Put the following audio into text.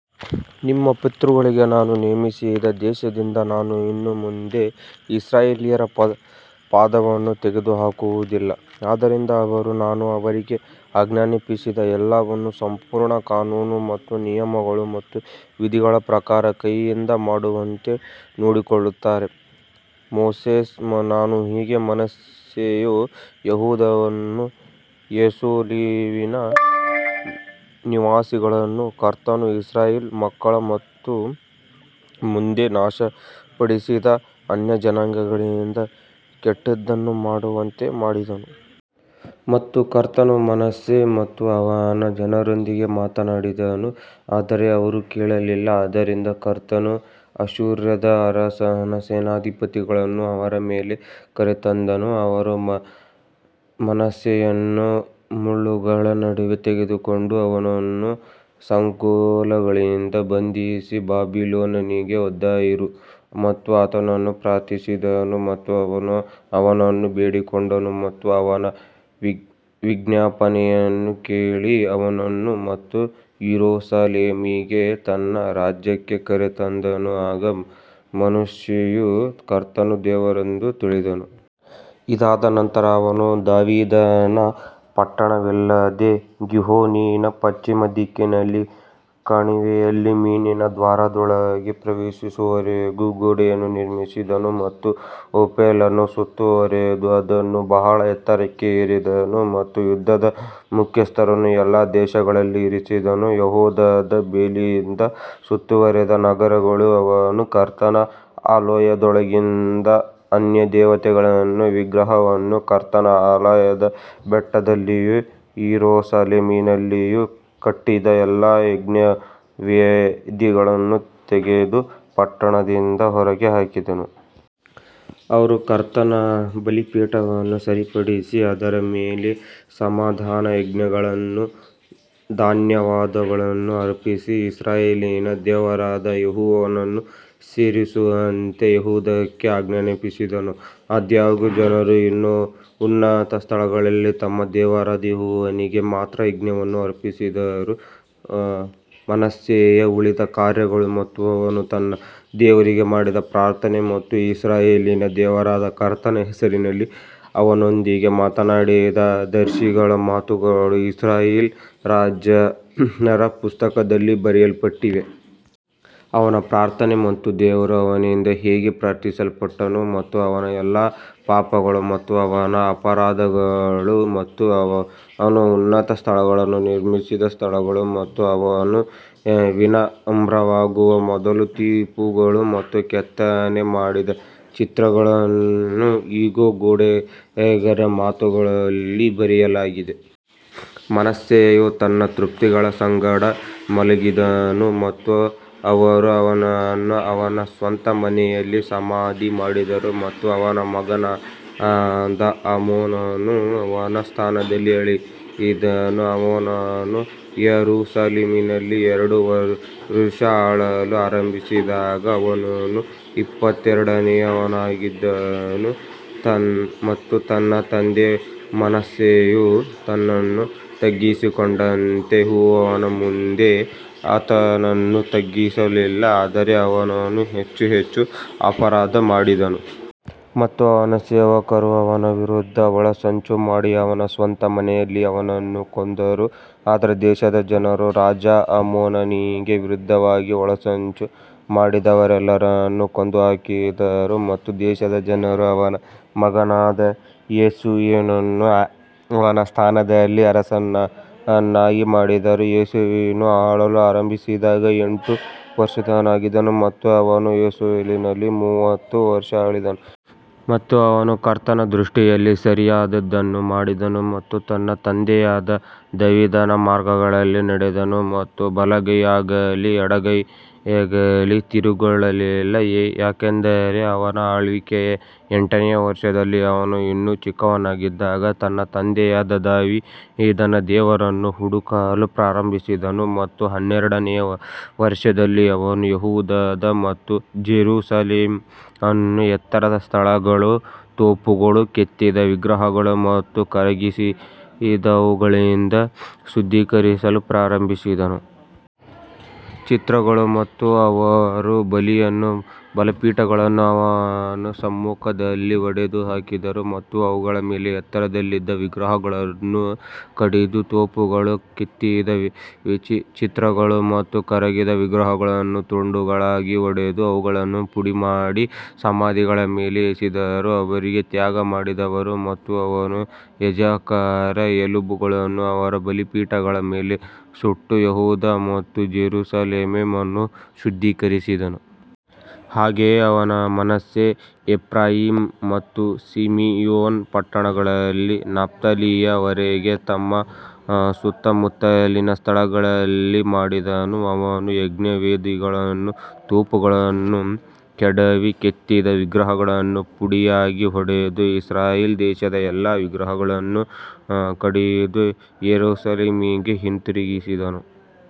ನಿಮ್ಮ ಪಿತೃಗಳಿಗೆ ನಾನು ನೇಮಿಸಿದ ದೇಶದಿಂದ ನಾನು ಇನ್ನು ಮುಂದೆ ಇಸ್ರಾಯೇಲ್ಯರ ಪಾದವನ್ನು ತೆಗೆದುಹಾಕುವುದಿಲ್ಲ, ಆದ್ದರಿಂದ ಅವರು ನಾನು ಅವರಿಗೆ ಆಜ್ಞಾಪಿಸಿದ ಎಲ್ಲವನ್ನು ಸಂಪೂರ್ಣ ಕಾನೂನು ಮತ್ತು ನಿಯಮಗಳು ಮತ್ತು ವಿಧಿಗಳ ಪ್ರಕಾರ ಕೈಯಿಂದ ಮಾಡುವಂತೆ ನೋಡಿಕೊಳ್ಳುತ್ತಾರೆ. ಮೋಸೆಸ್ ನ ಹೀಗೆ ಮನಸ್ಸೆಯು ಯೆಹೂದವನ್ನೂ ಯೆರೂಸಲೇಮಿನ ನಿವಾಸಿಗಳನ್ನೂ ಕರ್ತನು ಇಸ್ರಾಯೇಲ್ ಮಕ್ಕಳ ಮುಂದೆ ನಾಶಪಡಿಸಿದ ಅನ್ಯಜನಾಂಗಗಳಿಗಿಂತ ಕೆಟ್ಟದ್ದನ್ನು ಮಾಡುವಂತೆ ಮಾಡಿದನು. ಮತ್ತು ಕರ್ತನು ಮನಸ್ಸೆ ಮತ್ತು ಅವನ ಜನರೊಂದಿಗೆ ಮಾತಾಡಿದನು ಆದರೆ ಅವರು ಕೇಳಲಿಲ್ಲ ಆದದರಿಂದ ಕರ್ತನು ಅಶ್ಶೂರದ ಅರಸನ ಸೇನಾಧಿಪತಿಗಳನ್ನು ಅವರ ಮೇಲೆ ಕರೆತಂದನು, ಅವರು ಮನಸ್ಸೆಯನ್ನು ಮುಳ್ಳುಗಳ ನಡುವೆ ತೆಗೆದುಕೊಂಡು ಅವನನ್ನು ಸಂಕೋಲೆಗಳಿಂದ ಬಂಧಿಸಿ ಬಾಬಿಲೋನಿಗೆ ಒಯ್ದರು. ಮತ್ತು ಆತನನ್ನು ಪ್ರಾರ್ಥಿಸಿದನು ಮತ್ತು ಅವನು ಅವನನ್ನು ಬೇಡಿಕೊಂಡನು ಮತ್ತು ಅವನ ವಿಜ್ಞಾಪನೆಯನ್ನು ಕೇಳಿ ಅವನನ್ನು ಮತ್ತೆ ಯೆರೂಸಲೇಮಿಗೆ ತನ್ನ ರಾಜ್ಯಕ್ಕೆ ಕರೆತಂದನು, ಆಗ ಮನಸ್ಸೆಯು ಕರ್ತನು ದೇವರೆಂದು ತಿಳಿದನು. ಇದಾದ ನಂತರ ಅವನು ದಾವೀದನ ಪಟ್ಟಣವಿಲ್ಲದೆ ಗೀಹೋನಿನ ಪಶ್ಚಿಮ ದಿಕ್ಕಿನಲ್ಲಿ ಕಣಿವೆಯಲ್ಲಿ ಮೀನಿನ ದ್ವಾರದೊಳಗೆ ಪ್ರವೇಶಿಸುವವರೆಗೂ ಗೋಡೆಯನ್ನು ನಿರ್ಮಿಸಿದನು ಮತ್ತು ಓಫೆಲ್ ಅನ್ನು ಸುತ್ತುವರೆದು ಅದನ್ನು ಬಹಳ ಎತ್ತರಕ್ಕೆ ಏರಿಸಿದನು ಮತ್ತು ಯುದ್ಧದ ಮುಖ್ಯಸ್ಥರನ್ನು ಎಲ್ಲಾ ದೇಶಗಳಲ್ಲಿ ಇರಿಸಿದನು. ಯೆಹೂದದ ಬೇಲಿಯಿಂದ ಸುತ್ತುವರಿದ ನಗರಗಳು ಅವನು ಕರ್ತನ ಆಲಯದೊಳಗಿಂದ ಅನ್ಯದೇವತೆಗಳನ್ನೂ ವಿಗ್ರಹವನ್ನೂ ಕರ್ತನ ಆಲಯದ ಬೆಟ್ಟದಲ್ಲಿಯೂ ಯೆರೂಸಲೇಮಿನಲ್ಲಿಯೂ ಕಟ್ಟಿದ್ದ ಎಲ್ಲಾ ಯಜ್ಞವೇದಿಗಳನ್ನೂ ತೆಗೆದು ಪಟ್ಟಣದಿಂದ ಹೊರಗೆ ಹಾಕಿದನು. ಅವನು ಕರ್ತನ ಬಲಿಪೀಠವನ್ನು ಸರಿಪಡಿಸಿ ಅದರ ಮೇಲೆ ಸಮಾಧಾನಯಜ್ಞಗಳನ್ನೂ ಧನ್ಯವಾದಗಳನ್ನೂ ಅರ್ಪಿಸಿ ಇಸ್ರಾಯೇಲಿನ ದೇವರಾದ ಯೆಹೋವನನ್ನು ಸೇವಿಸುವಂತೆ ಯೆಹೂದಕ್ಕೆ ಆಜ್ಞಾಪಿಸಿದನು. ಆದಾಗ್ಯೂ ಜನರು ಇನ್ನೂ ಉನ್ನತ ಸ್ಥಳಗಳಲ್ಲಿ ತಮ್ಮ ದೇವರಾದ ಯೆಹೋವನಿಗೆ ಮಾತ್ರ ಯಜ್ಞವನ್ನು ಅರ್ಪಿಸಿದರು ಮನಸ್ಸೆಯ ಉಳಿದ ಕಾರ್ಯಗಳು ಮತ್ತು ಅವನು ತನ್ನ ದೇವರಿಗೆ ಮಾಡಿದ ಪ್ರಾರ್ಥನೆ ಮತ್ತು ಇಸ್ರಾಯೇಲಿನ ದೇವರಾದ ಕರ್ತನ ಹೆಸರಿನಲ್ಲಿ ಅವನೊಂದಿಗೆ ಮಾತನಾಡಿದ ದರ್ಶಿಗಳ ಮಾತುಗಳು ಇಸ್ರಾಯೇಲ್ ರಾಜರ ಪುಸ್ತಕದಲ್ಲಿ ಬರೆಯಲ್ಪಟ್ಟಿವೆ. ಅವನ ಪ್ರಾರ್ಥನೆ ಮತ್ತು ದೇವರು ಅವನಿಂದ ಹೇಗೆ ಪ್ರಾರ್ಥಿಸಲ್ಪಟ್ಟನು ಮತ್ತು ಅವನ ಎಲ್ಲಾ ಪಾಪಗಳು ಮತ್ತು ಅವನ ಅಪರಾಧಗಳು ಮತ್ತು ಅವನು ಉನ್ನತ ಸ್ಥಳಗಳನ್ನು ನಿರ್ಮಿಸಿದ ಸ್ಥಳಗಳು ಮತ್ತು ಅವನು ವಿನಮ್ರವಾಗುವ ಮೊದಲು ತೋಪುಗಳು ಮತ್ತು ಕೆತ್ತನೆ ಮಾಡಿದ ಚಿತ್ರಗಳನ್ನು ಇಗೋ, ನೋಡುಗರ ಮಾತುಗಳಲ್ಲಿ ಬರೆಯಲಾಗಿದೆ. ಮನಸ್ಸೆಯು ತನ್ನ ಪಿತೃಗಳ ಸಂಗಡ ಮಲಗಿದನು ಮತ್ತು ಅವರು ಅವನನ್ನು ಅವನ ಸ್ವಂತ ಮನೆಯಲ್ಲಿ ಸಮಾಧಿ ಮಾಡಿದರು ಮತ್ತು ಅವನ ಮಗನಾದ ಆಮೋನನು ಅವನ ಸ್ಥಾನದಲ್ಲಿ ಆಳಿದನು. ಆಮೋನನು ಯೆರೂಸಲೇಮಿನಲ್ಲಿ ಎರಡು ವರುಷ ಆಳಲು ಆರಂಭಿಸಿದಾಗ ಆಮೋನನು ಇಪ್ಪತ್ತೆರಡನೆಯವನಾಗಿದ್ದನು ಮತ್ತು ತನ್ನ ತಂದೆ ಮನಸ್ಸೆಯು ತನ್ನನ್ನು ತಗ್ಗಿಸಿಕೊಂಡಂತೆ ಯೆಹೋವನ ಮುಂದೆ ತನ್ನನ್ನು ತಗ್ಗಿಸಿಕೊಳ್ಳಲಿಲ್ಲ ಆದರೆ ಆಮೋನನು ಹೆಚ್ಚು ಹೆಚ್ಚು ಅಪರಾಧ ಮಾಡಿದನು. ಮತ್ತು ಅವನ ಸೇವಕರು ಅವನ ವಿರುದ್ಧ ಒಳಸಂಚು ಮಾಡಿ ಅವನ ಸ್ವಂತ ಮನೆಯಲ್ಲಿ ಅವನನ್ನು ಕೊಂದರು ಆದರೆ ದೇಶದ ಜನರು ರಾಜ ಆಮೋನನಿಗೆ ವಿರುದ್ಧವಾಗಿ ಒಳಸಂಚು ಮಾಡಿದವರೆಲ್ಲರನ್ನು ಕೊಂದುಹಾಕಿದರು ಮತ್ತು ದೇಶದ ಜನರು ಅವನ ಮಗನಾದ ಯೋಷೀಯನನ್ನು ಅವನ ಸ್ಥಾನದಲ್ಲಿ ಅರಸನನ್ನಾಗಿ ಮಾಡಿದರು. ಯೋಷೀಯನು ಆಳಲು ಆರಂಭಿಸಿದಾಗ ಎಂಟು ವರ್ಷದವನಾಗಿದ್ದನು ಮತ್ತು ಅವನು ಯೆರೂಸಲೇಮಿನಲ್ಲಿ ಮೂವತ್ತು ವರ್ಷ ಆಳಿದನು. ಮತ್ತು ಅವನು ಕರ್ತನ ದೃಷ್ಟಿಯಲ್ಲಿ ಸರಿಯಾದದ್ದನ್ನು ಮಾಡಿದನು ಮತ್ತು ತನ್ನ ತಂದೆಯಾದ ದಾವೀದನ ಮಾರ್ಗಗಳಲ್ಲಿ ನಡೆದನು ಮತ್ತು ಬಲಗೈಯಾಗಲಿ ಎಡಕ್ಕಾಗಲಿ ತಿರುಗಿಕೊಳ್ಳಲಿಲ್ಲ. ಯಾಕಂದರೆ ಅವನ ಆಳ್ವಿಕೆಯ ಎಂಟನೆಯ ವರ್ಷದಲ್ಲಿ ಅವನು ಇನ್ನೂ ಚಿಕ್ಕವನಾಗಿದ್ದಾಗ ತನ್ನ ತಂದೆಯಾದ ದಾವೀದನ ದೇವರನ್ನು ಹುಡುಕಲು ಪ್ರಾರಂಭಿಸಿದನು ಮತ್ತು ಹನ್ನೆರಡನೆಯ ವರ್ಷದಲ್ಲಿ ಅವನು ಯೆಹೂದ ಮತ್ತು ಜೆರುಸಲೆಮ್ ಅನ್ನು ಎತ್ತರದ ಸ್ಥಳಗಳು, ತೋಪುಗಳು, ಕೆತ್ತಿದ ವಿಗ್ರಹಗಳು ಮತ್ತು ಕರಗಿಸಿದವುಗಳಿಂದ ಶುದ್ಧೀಕರಿಸಲು ಪ್ರಾರಂಭಿಸಿದನು. ಚಿತ್ರಗಳು ಮತ್ತು ಅವರು ಬಾಲಿಮ್ನ ಬಲಿಪೀಠಗಳನ್ನು ಅವನ ಸಮ್ಮುಖದಲ್ಲಿ ಒಡೆದು ಹಾಕಿದರು ಮತ್ತು ಅವುಗಳ ಮೇಲೆ ಎತ್ತರದಲ್ಲಿದ್ದ ವಿಗ್ರಹಗಳನ್ನು ಕಡಿದು, ತೋಪುಗಳು, ಕೆತ್ತಿದ ಚಿತ್ರಗಳು ಮತ್ತು ಕರಗಿದ ವಿಗ್ರಹಗಳನ್ನು ತುಂಡುಗಳಾಗಿ ಒಡೆದು ಅವುಗಳನ್ನು ಪುಡಿಮಾಡಿ ಸಮಾಧಿಗಳ ಮೇಲೆ ಎಸೆದರು. ಅವರಿಗೆ ತ್ಯಾಗ ಮಾಡಿದವರು ಮತ್ತು ಅವನು ಯಾಜಕರ ಎಲುಬುಗಳನ್ನು ಅವರ ಬಲಿಪೀಠಗಳ ಮೇಲೆ ಸುಟ್ಟು ಯೆಹೂದ ಮತ್ತು ಜೆರುಸಲೆಮ್ ಅನ್ನು ಶುದ್ಧೀಕರಿಸಿದನು. ಹಾಗೆಯೇ ಅವನು ಮನಸ್ಸೆ, ಎಫ್ರಾಯೀಮ್ ಮತ್ತು ಸಿಮಿಯೋನ್ ಪಟ್ಟಣಗಳಲ್ಲಿ ನಫ್ತಾಲಿಯ ವರೆಗೆ ತಮ್ಮ ಸುತ್ತುಮುತ್ತಲಿನ ಸ್ಥಳಗಳಲ್ಲಿ ಮಾಡಿದನು. ಅವನು ಯಜ್ಞವೇದಿಗಳನ್ನೂ ತೋಪುಗಳನ್ನೂ ಕೆಡವಿ ಕೆತ್ತಿದ ವಿಗ್ರಹಗಳನ್ನು ಪುಡಿಯಾಗಿ ಹೊಡೆದು ಇಸ್ರಾಯೇಲ್ ದೇಶದ ಎಲ್ಲಾ ವಿಗ್ರಹಗಳನ್ನು ಕಡಿದು ಯೆರೂಸಲೇಮಿಗೆ ಹಿಂದಿರುಗಿದನು.